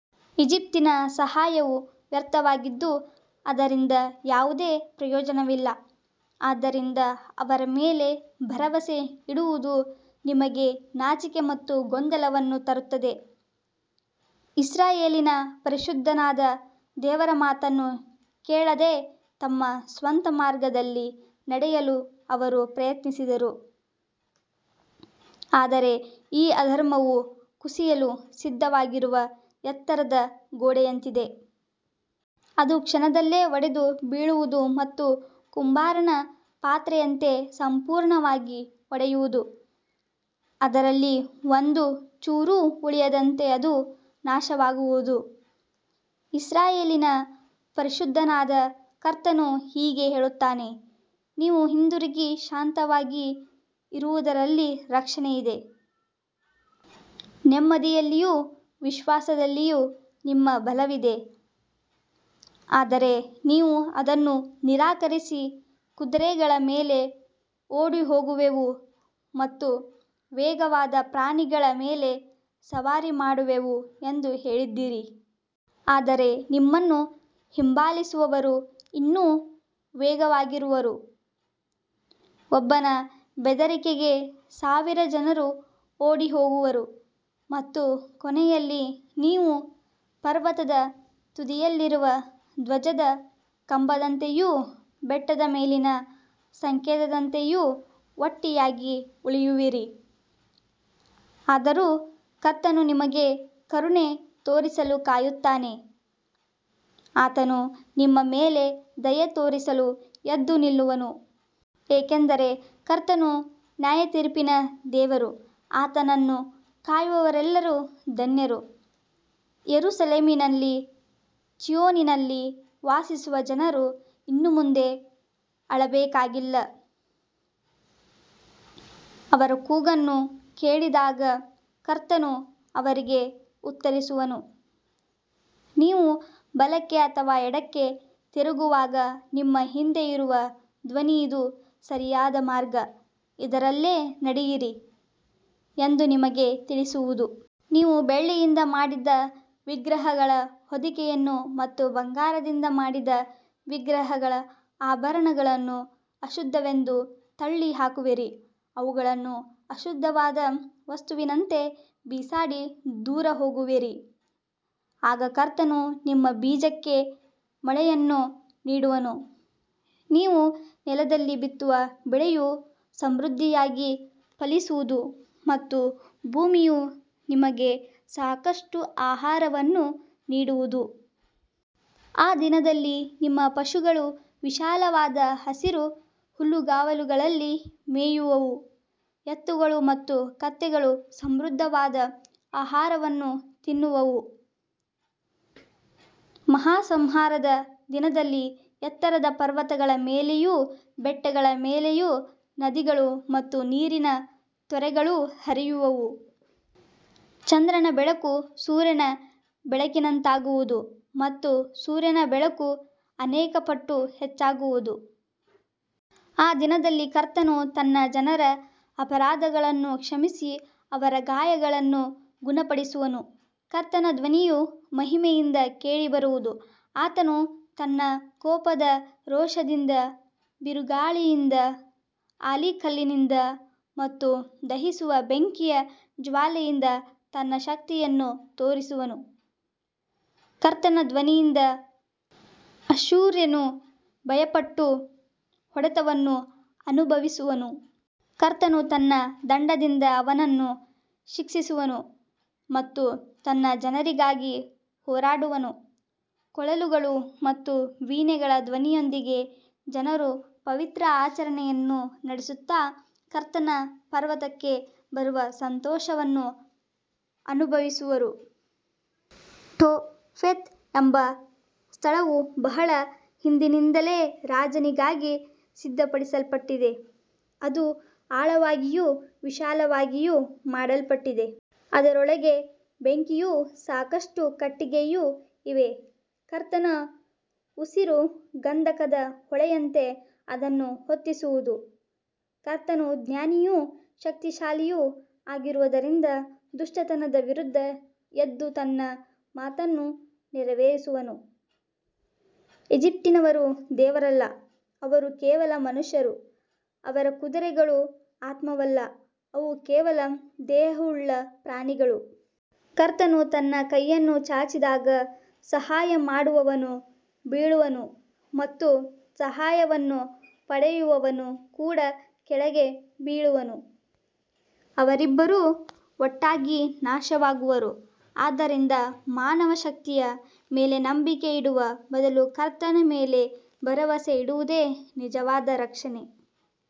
ಈಜಿಪ್ಟಿನ ಸಹಾಯವು ವ್ಯರ್ಥವಾಗಿದ್ದು ಅದರಿಂದ ಯಾವುದೇ ಪ್ರಯೋಜನವಿಲ್ಲ. ಆದ್ದರಿಂದ ಅವರ ಮೇಲೆ ಭರವಸೆ ಇಡುವುದು ನಿಮಗೆ ನಾಚಿಕೆ ಮತ್ತು ಗೊಂದಲವನ್ನು ತರುತ್ತದೆ. ಇಸ್ರಾಯೇಲಿನ ಪರಿಶುದ್ಧನಾದ ದೇವರ ಮಾತನ್ನು ಕೇಳದೆ ತಮ್ಮ ಸ್ವಂತ ಮಾರ್ಗದಲ್ಲಿ ನಡೆಯಲು ಅವರು ಪ್ರಯತ್ನಿಸಿದರು. ಆದರೆ ಈ ಅಧರ್ಮವು ಕುಸಿಯಲು ಸಿದ್ಧವಾಗಿರುವ ಎತ್ತರದ ಗೋಡೆಯಂತಿದೆ. ಅದು ಕ್ಷಣದಲ್ಲೇ ಒಡೆದು ಬೀಳುವುದು ಮತ್ತು ಕುಂಬಾರನ ಪಾತ್ರೆಯಂತೆ ಸಂಪೂರ್ಣವಾಗಿ ಒಡೆಯುವುದು. ಅದರಲ್ಲಿ ಒಂದು ಚೂರೂ ಉಳಿಯದಂತೆ ಅದು ನಾಶವಾಗುವುದು. ಇಸ್ರಾಯೇಲಿನ ಪರಿಶುದ್ಧನಾದ ಕರ್ತನು ಹೀಗೆ ಹೇಳುತ್ತಾನೆ. ನೀವು ಹಿಂದಿರುಗಿ ಶಾಂತವಾಗಿ ಇರುವುದರಲ್ಲಿ ರಕ್ಷಣೆ ಇದೆ. ನೆಮ್ಮದಿಯಲ್ಲಿಯೂ ವಿಶ್ವಾಸದಲ್ಲಿಯೂ ನಿಮ್ಮ ಬಲವಿದೆ. ಆದರೆ ನೀವು ಅದನ್ನು ನಿರಾಕರಿಸಿ ಕುದುರೆಗಳ ಮೇಲೆ ಓಡಿಹೋಗುವೆವು ಮತ್ತು ವೇಗವಾದ ಪ್ರಾಣಿಗಳ ಮೇಲೆ ಸವಾರಿ ಮಾಡುವೆವು ಎಂದು ಹೇಳಿದ್ದೀರಿ. ಆದರೆ ನಿಮ್ಮನ್ನು ಹಿಂಬಾಲಿಸುವವರು ಇನ್ನೂ ವೇಗವಾಗಿರುವರು. ಒಬ್ಬನ ಬೆದರಿಕೆಗೆ ಸಾವಿರ ಜನರು ಓಡಿಹೋಗುವರು ಮತ್ತು ಕೊನೆಯಲ್ಲಿ ನೀವು ಪರ್ವತದ ತುದಿಯಲ್ಲಿರುವ ಧ್ವಜದ ಕಂಬದಂತೆಯೂ ಬೆಟ್ಟದ ಮೇಲಿನ ಸಂಕೇತದಂತೆಯೂ ಒಂಟಿಯಾಗಿ ಉಳಿಯುವಿರಿ. ಆದರೂ ಕರ್ತನು ನಿಮಗೆ ಕರುಣೆ ತೋರಿಸಲು ಕಾಯುತ್ತಾನೆ. ಆತನು ನಿಮ್ಮ ಮೇಲೆ ದಯೆ ತೋರಿಸಲು ಎದ್ದು ನಿಲ್ಲುವನು. ಏಕೆಂದರೆ ಕರ್ತನು ನ್ಯಾಯತೀರ್ಪಿನ ದೇವರು. ಆತನನ್ನು ಕಾಯುವವರೆಲ್ಲರೂ ಧನ್ಯರು. ಯೆರೂಸಲೇಮಿನಲ್ಲಿ ಚೀಯೋನಿನಲ್ಲಿ ವಾಸಿಸುವ ಜನರು ಇನ್ನು ಮುಂದೆ ಅಳಬೇಕಾಗಿಲ್ಲ. ಅವರ ಕೂಗನ್ನು ಕೇಳಿದಾಗ ಕರ್ತನು ಅವರಿಗೆ ಉತ್ತರಿಸುವನು. ನೀವು ಬಲಕ್ಕೆ ಅಥವಾ ಎಡಕ್ಕೆ ತಿರುಗುವಾಗ ನಿಮ್ಮ ಹಿಂದೆ ಇರುವ ಧ್ವನಿ ಇದು ಸರಿಯಾದ ಮಾರ್ಗ, ಇದರಲ್ಲೇ ನಡೆಯಿರಿ ಎಂದು ನಿಮಗೆ ತಿಳಿಸುವುದು. ನೀವು ಬೆಳ್ಳಿಯಿಂದ ಮಾಡಿದ ವಿಗ್ರಹಗಳ ಹೊದಿಕೆಯನ್ನು ಮತ್ತು ಬಂಗಾರದಿಂದ ಮಾಡಿದ ವಿಗ್ರಹಗಳ ಆಭರಣಗಳನ್ನು ಅಶುದ್ಧವೆಂದು ತಳ್ಳಿ ಹಾಕುವಿರಿ. ಅವುಗಳನ್ನು ಅಶುದ್ಧವಾದ ವಸ್ತುವಿನಂತೆ ಬಿಸಾಡಿ ದೂರ ಹೋಗುವಿರಿ. ಆಗ ಕರ್ತನು ನಿಮ್ಮ ಬೀಜಕ್ಕೆ ಮಳೆಯನ್ನು ನೀಡುವನು. ನೀವು ನೆಲದಲ್ಲಿ ಬಿತ್ತುವ ಬೆಳೆಯು ಸಮೃದ್ಧಿಯಾಗಿ ಫಲಿಸುವುದು ಮತ್ತು ಭೂಮಿಯು ನಿಮಗೆ ಸಾಕಷ್ಟು ಆಹಾರವನ್ನು ನೀಡುವುದು. ಆ ದಿನದಲ್ಲಿ ನಿಮ್ಮ ಪಶುಗಳು ವಿಶಾಲವಾದ ಹಸಿರು ಹುಲ್ಲುಗಾವಲುಗಳಲ್ಲಿ ಮೇಯುವವು. ಎತ್ತುಗಳು ಮತ್ತು ಕತ್ತೆಗಳು ಸಮೃದ್ಧವಾದ ಆಹಾರವನ್ನು ತಿನ್ನುವವು. ಮಹಾ ಸಂಹಾರದ ದಿನದಲ್ಲಿ ಎತ್ತರದ ಪರ್ವತಗಳ ಮೇಲೆಯೂ ಬೆಟ್ಟಗಳ ಮೇಲೆಯೂ ನದಿಗಳು ಮತ್ತು ನೀರಿನ ತೊರೆಗಳು ಹರಿಯುವವು. ಚಂದ್ರನ ಬೆಳಕು ಸೂರ್ಯನ ಬೆಳಕಿನಂತಾಗುವುದು ಮತ್ತು ಸೂರ್ಯನ ಬೆಳಕು ಅನೇಕ ಪಟ್ಟು ಹೆಚ್ಚಾಗುವುದು. ಆ ದಿನದಲ್ಲಿ ಕರ್ತನು ತನ್ನ ಜನರ ಅಪರಾಧಗಳನ್ನು ಕ್ಷಮಿಸಿ ಅವರ ಗಾಯಗಳನ್ನು ಗುಣಪಡಿಸುವನು. ಕರ್ತನ ಧ್ವನಿಯು ಮಹಿಮೆಯಿಂದ ಕೇಳಿಬರುವುದು. ಆತನು ತನ್ನ ಕೋಪದ ರೋಷದಿಂದ, ಬಿರುಗಾಳಿಯಿಂದ, ಆಲಿಕಲ್ಲಿನಿಂದ ಮತ್ತು ದಹಿಸುವ ಬೆಂಕಿಯ ಜ್ವಾಲೆಯಿಂದ ತನ್ನ ಶಕ್ತಿಯನ್ನು ತೋರಿಸುವನು. ಕರ್ತನ ಧ್ವನಿಯಿಂದ ಅಶ್ಶೂರ್ಯನು ಭಯಪಟ್ಟು ಹೊಡೆತವನ್ನು ಅನುಭವಿಸುವನು. ಕರ್ತನು ತನ್ನ ದಂಡದಿಂದ ಅವನನ್ನು ಶಿಕ್ಷಿಸುವನು ಮತ್ತು ತನ್ನ ಜನರಿಗಾಗಿ ಹೋರಾಡುವನು. ಕೊಳಲುಗಳು ಮತ್ತು ವೀಣೆಗಳ ಧ್ವನಿಯೊಂದಿಗೆ ಜನರು ಪವಿತ್ರ ಆಚರಣೆಯನ್ನು ನಡೆಸುತ್ತಾ ಕರ್ತನ ಪರ್ವತಕ್ಕೆ ಬರುವ ಸಂತೋಷವನ್ನು ಅನುಭವಿಸುವರು. ಟೋಫೆತ್ ಎಂಬ ಸ್ಥಳವು ಬಹಳ ಹಿಂದಿನಿಂದಲೇ ರಾಜನಿಗಾಗಿ ಸಿದ್ಧಪಡಿಸಲ್ಪಟ್ಟಿದೆ. ಅದು ಆಳವಾಗಿಯೂ ವಿಶಾಲವಾಗಿಯೂ ಮಾಡಲ್ಪಟ್ಟಿದೆ. ಅದರೊಳಗೆ ಬೆಂಕಿಯೂ ಸಾಕಷ್ಟು ಕಟ್ಟಿಗೆಯೂ ಇವೆ. ಕರ್ತನ ಉಸಿರು ಗಂಧಕದ ಹೊಳೆಯಂತೆ ಅದನ್ನು ಹೊತ್ತಿಸುವುದು. ಕರ್ತನು ಜ್ಞಾನಿಯೂ ಶಕ್ತಿಶಾಲಿಯೂ ಆಗಿರುವುದರಿಂದ ದುಷ್ಟತನದ ವಿರುದ್ಧ ಎದ್ದು ತನ್ನ ಮಾತನ್ನು ನೆರವೇರಿಸುವನು. ಈಜಿಪ್ಟಿನವರು ದೇವರಲ್ಲ, ಅವರು ಕೇವಲ ಮನುಷ್ಯರು. ಅವರ ಕುದುರೆಗಳು ಆತ್ಮವಲ್ಲ, ಅವು ಕೇವಲ ದೇಹವುಳ್ಳ ಪ್ರಾಣಿಗಳು. ಕರ್ತನು ತನ್ನ ಕೈಯನ್ನು ಚಾಚಿದಾಗ ಸಹಾಯ ಮಾಡುವವನು ಬೀಳುವನು ಮತ್ತು ಸಹಾಯವನ್ನು ಪಡೆಯುವವನು ಕೂಡ ಕೆಳಗೆ ಬೀಳುವನು. ಅವರಿಬ್ಬರೂ ಒಟ್ಟಾಗಿ ನಾಶವಾಗುವರು. ಆದ್ದರಿಂದ ಮಾನವ ಶಕ್ತಿಯ ಮೇಲೆ ನಂಬಿಕೆ ಇಡುವ ಬದಲು ಕರ್ತನ ಮೇಲೆ ಭರವಸೆ ಇಡುವುದೇ ನಿಜವಾದ ರಕ್ಷಣೆ.